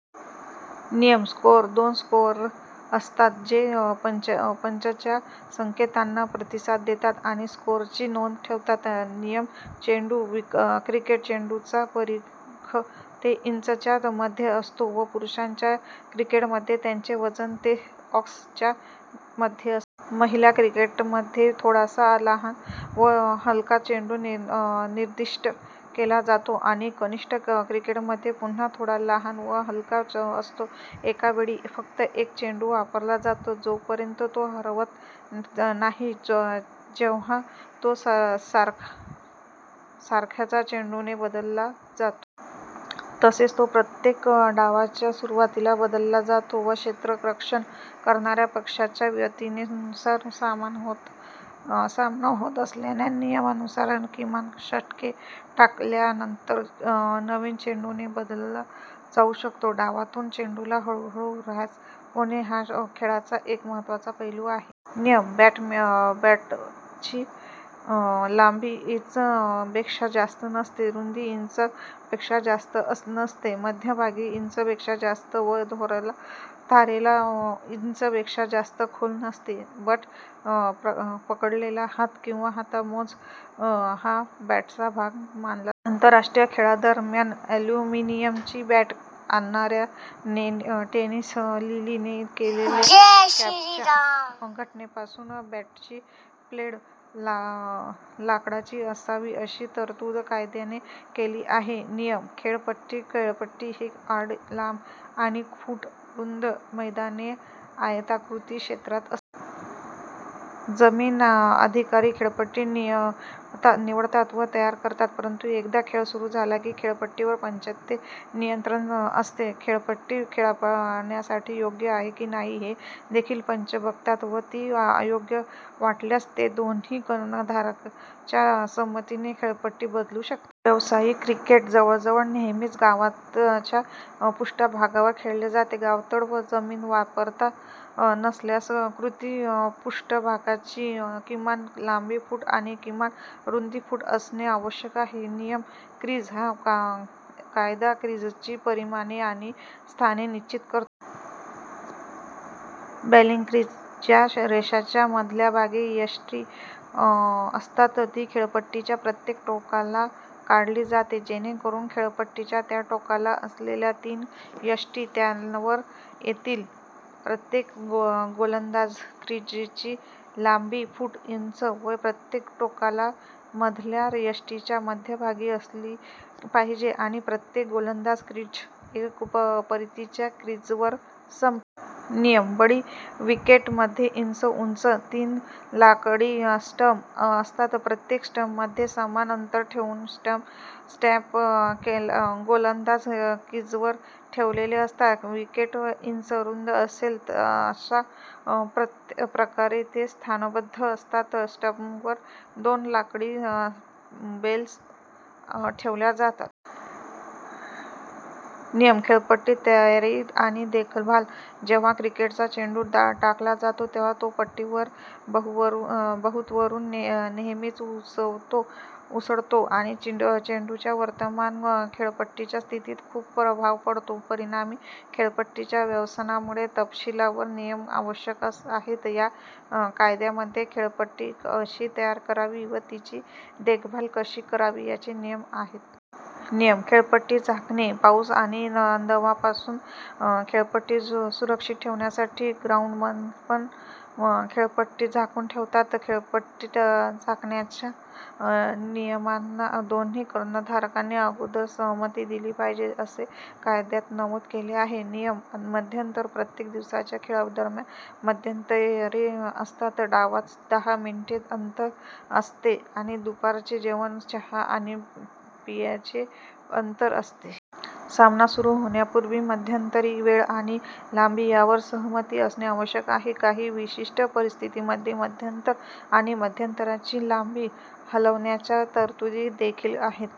नियम: स्कोअरर. दोन स्कोअरर असतात जे पंचांच्या संकेतांना प्रतिसाद देतात आणि स्कोअर ची नोंद ठेवतात. नियम: चेंडू. क्रिकेट चेंडूचा परिघ ते इंच च्या मध्ये असतो व पुरुषांच्या क्रिकेटमध्ये त्याचे वजन ते औंस च्या मध्ये असते. महिला क्रिकेटमध्ये थोडासा लहान व हलका चेंडू निर्दिष्ट केला जातो आणि कनिष्ठ क्रिकेटमध्ये पुन्हा थोडा लहान व हलका असतो. एका वेळी फक्त एक चेंडू वापरला जातो, जोपर्यंत तो हरवत नाही, जेव्हा तो सारख्याच चेंडूने बदलला जातो. तसेच तो प्रत्येक डावाच्या सुरुवातीला बदलला जातो व क्षेत्ररक्षण करणाऱ्या पक्षाच्या विनंतीनुसार, सामना होत असलेल्या नियमांनुसार किमान षटके टाकल्यानंतर, नवीन चेंडूने बदलला जाऊ शकतो. डावांतून चेंडूचा हळूहळू ऱ्हास होणे हा खेळाचा एक महत्त्वाचा पैलू आहे. नियम: बॅट. बॅटची लांबी इंच पेक्षा जास्त नसते, रुंदी इंच पेक्षा जास्त नसते, मध्यभागी इंच पेक्षा जास्त व धारेला इंच पेक्षा जास्त खोल नसते. बॅट पकडलेला हात किंवा हातमोजा हा बॅटचा भाग मानला जातो. आंतरराष्ट्रीय खेळादरम्यान ॲल्युमिनिअमची बॅट आणणाऱ्या डेनिस लिली ने केलेल्या कॉम्बॅटच्या घटनेपासून, बॅटची ब्लेड लाकडाची असावी, अशी तरतूद कायद्याने केली आहे. नियम: खेळपट्टी. खेळपट्टी हे यार्ड लांब आणि फूट रुंद मैदानाचे आयताकृती क्षेत्र असते. जमीन अधिकारी खेळपट्टी निवडतात व तयार करतात, परंतु एकदा खेळ सुरू झाला की खेळपट्टीवर पंचांचे नियंत्रण असते. खेळपट्टी खेळण्यासाठी योग्य आहे की नाही हे देखील पंच बघतात व ती अयोग्य वाटल्यास ते दोन्ही कर्णधारांच्या संमतीने खेळपट्टी बदलू शकतात. व्यावसायिक क्रिकेट जवळजवळ नेहमीच गवताच्या पृष्ठभागावर खेळले जाते. गवताळ जमीन वापरात नसल्यास कृत्रिम पृष्ठभागाची किमान लांबी फूट आणि किमान रुंदी फूट असणे आवश्यक आहे. नियम: क्रीज. हा कायदा क्रीजची परिमाणे आणि स्थाने निश्चित करतो. बॉलिंग क्रीज, ज्या रेषेच्या मध्यभागी यष्टी असतात, ती खेळपट्टीच्या प्रत्येक टोकाला काढली जाते जेणेकरून खेळपट्टीच्या त्या टोकाला असलेल्या तीन यष्टी त्यावर येतील. प्रत्येक गोलंदाज क्रीजची लांबी फूट इंच व प्रत्येक टोकाला मधल्या यष्टीच्या मध्यभागी असली पाहिजे, आणि प्रत्येक गोलंदाज क्रीज एका परतीच्या क्रिजवर संपते. नियम: बळी. विकेटमध्ये इंच उंच तीन लाकडी स्टंप असतात. प्रत्येक स्टंपमध्ये समान अंतर ठेवून स्टंप गोलंदाज क्रीजवर ठेवलेले असतात. विकेट इंच रुंद असेल अशा प्रकारे ते स्थानबद्ध असतात. स्टंपवर दोन लाकडी बेल्स ठेवल्या जातात. नियम: खेळपट्टीची तयारी आणि देखभाल. जेव्हा क्रिकेटचा चेंडू टाकला जातो तेव्हा तो खेळपट्टीवर बहुतकरून नेहमीच उसळतो आणि चेंडूच्या वर्तनावर खेळपट्टीच्या स्थितीचा खूप प्रभाव पडतो. परिणामी खेळपट्टीच्या व्यवस्थापनाचे तपशीलवार नियम आवश्यक आहेत. या कायद्यामध्ये खेळपट्टी कशी तयार करावी व तिची देखभाल कशी करावी याचे नियम आहेत. नियम: खेळपट्टी झाकणे. पाऊस आणि दंवापासून खेळपट्टी सुरक्षित ठेवण्यासाठी ग्राउंडमन खेळपट्टी झाकून घेतात. खेळपट्टी झाकण्याच्या नियमांना दोन्ही कर्णधारांनी अगोदर सहमती दिली पाहिजे, असे कायद्यात नमूद केले आहे. नियम: मध्यांतर. प्रत्येक दिवसाच्या खेळादरम्यान मध्यांतरे असतात, डावात दहा मिनिटांचे अंतर असते आणि दुपारचे जेवण, चहा आणि पेयांचे अंतर असते. सामना सुरू होण्यापूर्वी मध्यांतरांची वेळ आणि लांबी यावर सहमती असणे आवश्यक आहे. काही विशिष्ट परिस्थितींमध्ये मध्यांतर आणि मध्यांतराची लांबी हलवण्याच्या तरतुदी देखील आहेत.